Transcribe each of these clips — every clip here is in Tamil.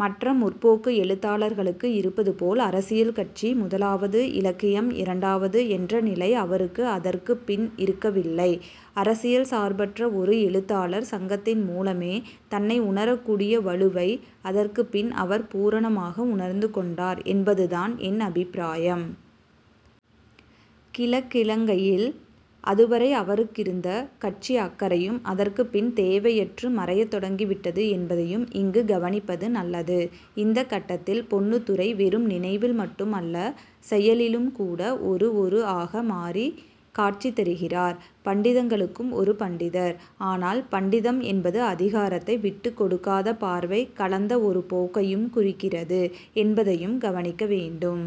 மற்ற 'முற்போக்கு' எழுத்தாளர்களுக்கு இருப்பதுபோல் அரசியல் கட்சி முதலாவது, இலக்கியம் இரண்டாவது என்ற நிலை அவருக்கு அதற்குப் பின் இருக்கவில்லை. அரசியல் சார்பற்ற ஒரு எழுத்தாளர் சங்கத்தின் மூலமே தன்னை உணரக்கூடிய வலுவை அதற்குப் பின் அவர் பூரணமாக உணர்ந்து கொண்டார் என்பதுதான் என் அபிப்பிராயம். கிழக்கிழங்கையில் அதுவரை அவருக்கிருந்த கட்சி அக்கறையும் அதற்குப் பின் தேவையற்று மறையத் தொடங்கிவிட்டது என்பதையும் இங்கு கவனிப்பது நல்லது. இந்தக் கட்டத்தில் பொன்னுத்துரை வெறும் நினைவில் மட்டும் அல்ல செயலிலும்கூட ஒரு ஒரு ஆக மாறிக் காட்சி தருகிறார். பண்டிதங்களுக்கும் ஒரு பண்டிதர். ஆனால் பண்டிதம் என்பது அதிகாரத்தை விட்டுக் கொடுக்காத பார்வை கலந்த ஒரு போக்கையும் குறிக்கிறது என்பதையும் கவனிக்க வேண்டும்.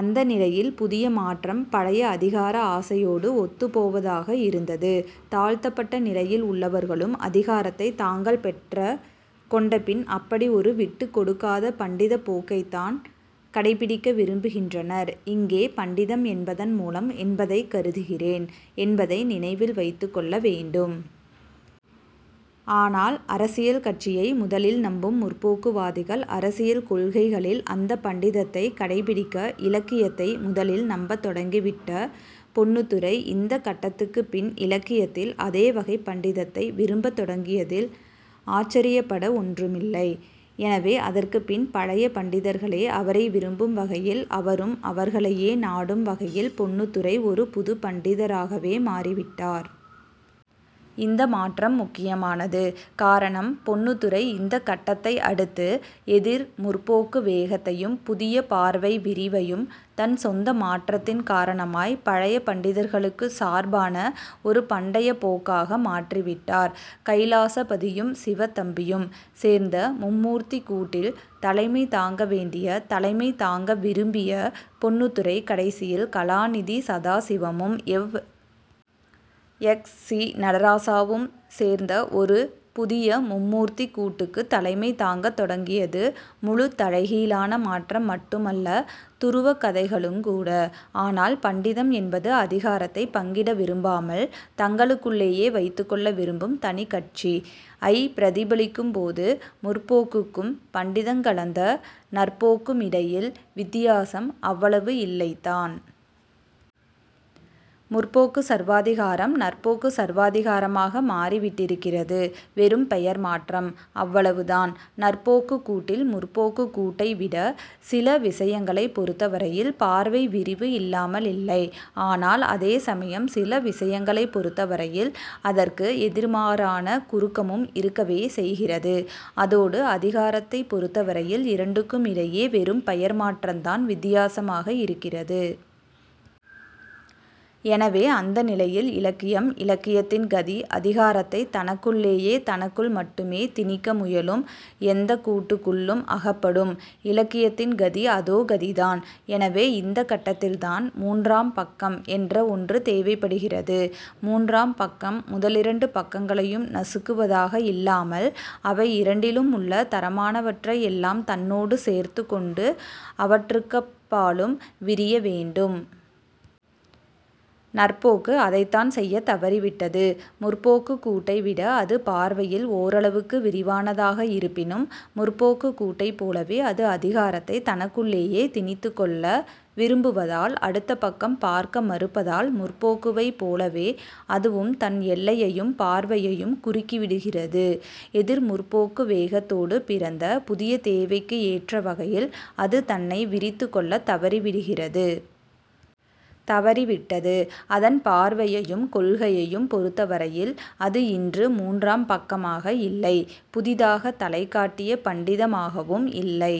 அந்த நிலையில் புதிய மாற்றம் பழைய அதிகார ஆசையோடு ஒத்துப்போவதாகவே இருந்தது. தாழ்த்தப்பட்ட நிலையில் உள்ளவர்களும் அதிகாரத்தைத் தாங்கள் பெற்றக் கொண்ட பின் அப்படி ஒரு விட்டுக்கொடுக்காத பண்டிதப் போக்கைத்தான் கடைப்பிடிக்க விரும்புகின்றனர். இங்கே பண்டிதம் என்பதன் மூலம் என்பதைக் கருதுகிறேன் என்பதை நினைவில் வைத்துக் கொள்ள வேண்டும். ஆனால் அரசியல் கட்சியை முதலில் நம்பும் 'முற்போக்கு'வாதிகள் அரசியல் கொள்கைகளில் அந்தப் பண்டிதத்தைக் கடைப்பிடிக்க, இலக்கியத்தை முதலில் நம்பத் தொடங்கிவிட்ட பொன்னுத்துரை இந்த கட்டத்துக்குப் பின் இலக்கியத்தில் அதே வகைப் பண்டிதத்தை விரும்பத் தொடங்கியதில் ஆச்சரியப்பட ஒன்றுமில்லை. எனவே, அதற்குப் பின் பழைய பண்டிதர்களே அவரை விரும்பும் வகையில், அவரும் அவர்களையே நாடும் வகையில் பொன்னுத்துரை ஒரு புதுப் பண்டிதராகவே மாறிவிட்டார். இந்த மாற்றம் முக்கியமானது. காரணம், பொன்னுத்துரை இந்தக் கட்டத்தை அடுத்து 'எதிர் முற்போக்கு' வேகத்தையும் புதிய பார்வை விரிவையும், தன் சொந்த மாற்றத்தின் காரணமாய் பழைய பண்டிதர்களுக்குச் சார்பான ஒரு பண்டைய போக்காக மாற்றிவிட்டார். கைலாசபதியும் சிவத்தம்பியும் சேர்ந்த மும்மூர்த்திக்கூட்டில் தலைமை தாங்க வேண்டிய, தலைமை தாங்க விரும்பிய பொன்னுத்துரை கடைசியில் கலாநிதி சதாசிவமும், எவ். எக்ஸ். சி. நடராசாவும் சேர்ந்த ஒரு புதிய மும்மூர்த்திக் கூட்டுக்குத் தலைமை தாங்கத் தொடங்கியது முழுத் தலைகீழான மாற்றம் மட்டுமல்ல துருவக் கதைகளுங்கூட. ஆனால் பண்டிதம் என்பது அதிகாரத்தைப் பங்கிட விரும்பாமல் தங்களுக்குள்ளேயே வைத்துக் கொள்ள விரும்பும் தனிக் கட்சி. ஐ பிரதிபலிக்கும்போது முற்போக்குக்கும் பண்டிதங் கலந்த 'நற்போக்கு' மிடையில் வித்தியாசம் அவ்வளவு இல்லைத்தான். 'முற்போக்கு' சர்வாதிகாரம் 'நற்போக்கு' சர்வாதிகாரமாக மாறிவிட்டிருக்கிறது. வெறும் பெயர் மாற்றம். அவ்வளவுதான். நற்போக்குக் கூட்டில் 'முற்போக்கு'க் கூட்டை விட சில விசயங்களைப் பொருத்தவரையில் பார்வை விரிவு இல்லாமலில்லை. ஆனால் அதே சமயம் சில விசயங்களைப் பொருத்தவரையில் அதற்கு எதிர்மாறான குறுக்கமும் இருக்கவே செய்கிறது. அதோடு அதிகாரத்தைப் பொருத்தவரையில் இரண்டுக்குமிடையே வெறும் பெயர் மாற்றந்தான் வித்தியாசமாக இருக்கிறது. எனவே அந்த நிலையில் இலக்கியம் இலக்கியத்தின் கதி அதிகாரத்தைத் தனக்குள்ளேயே தனக்குள் மட்டுமே, திணிக்க முயலும் எந்தக் கூட்டுக்குள்ளும் அகப்படும் இலக்கியத்தின் கதி அதோ கதிதான். எனவே இந்தக் கட்டத்தில்தான் 'மூன்றாம் பக்கம்' என்ற ஒன்று தேவைப்படுகிறது. மூன்றாம் பக்கம் முதலிரண்டு பக்கங்களையும் நசுக்குவதாக இல்லாமல் அவை இரண்டிலுமுள்ள தரமானவற்றை எல்லாம் தன்னோடு சேர்த்துக்கொண்டு அவற்றுக்கப்பாலும் விரிய வேண்டும். 'நற்போக்கு' அதைத்தான் செய்யத் தவறிவிட்டது. 'முற்போக்கு'க் கூட்டை விட அது பார்வையில் ஓரளவுக்கு விரிவானதாக இருப்பினும் 'முற்போக்கு'க் கூட்டைப் போலவே அது அதிகாரத்தைத் தனக்குள்ளேயே திணித்துக்கொள்ள விரும்புவதால் அடுத்த பக்கம் பார்க்க மறுப்பதால் முற்போக்குவைப் போலவே அதுவும் தன் எல்லையையும் பார்வையையும் குறுக்கிவிடுகிறது. எதிர் 'முற்போக்கு' வேகத்தோடு பிறந்த புதிய தேவைக்கு ஏற்ற வகையில் அது தன்னை விரித்துக்கொள்ளத் தவறிவிடுகிறது. தவறிவிட்டது. அதன் பார்வையையும் கொள்கையையும் பொருத்தவரையில் அது இன்று மூன்றாம் பக்கமாக இல்லை. புதிதாகத் தலைகாட்டிய பண்டிதமாகவும் இல்லை.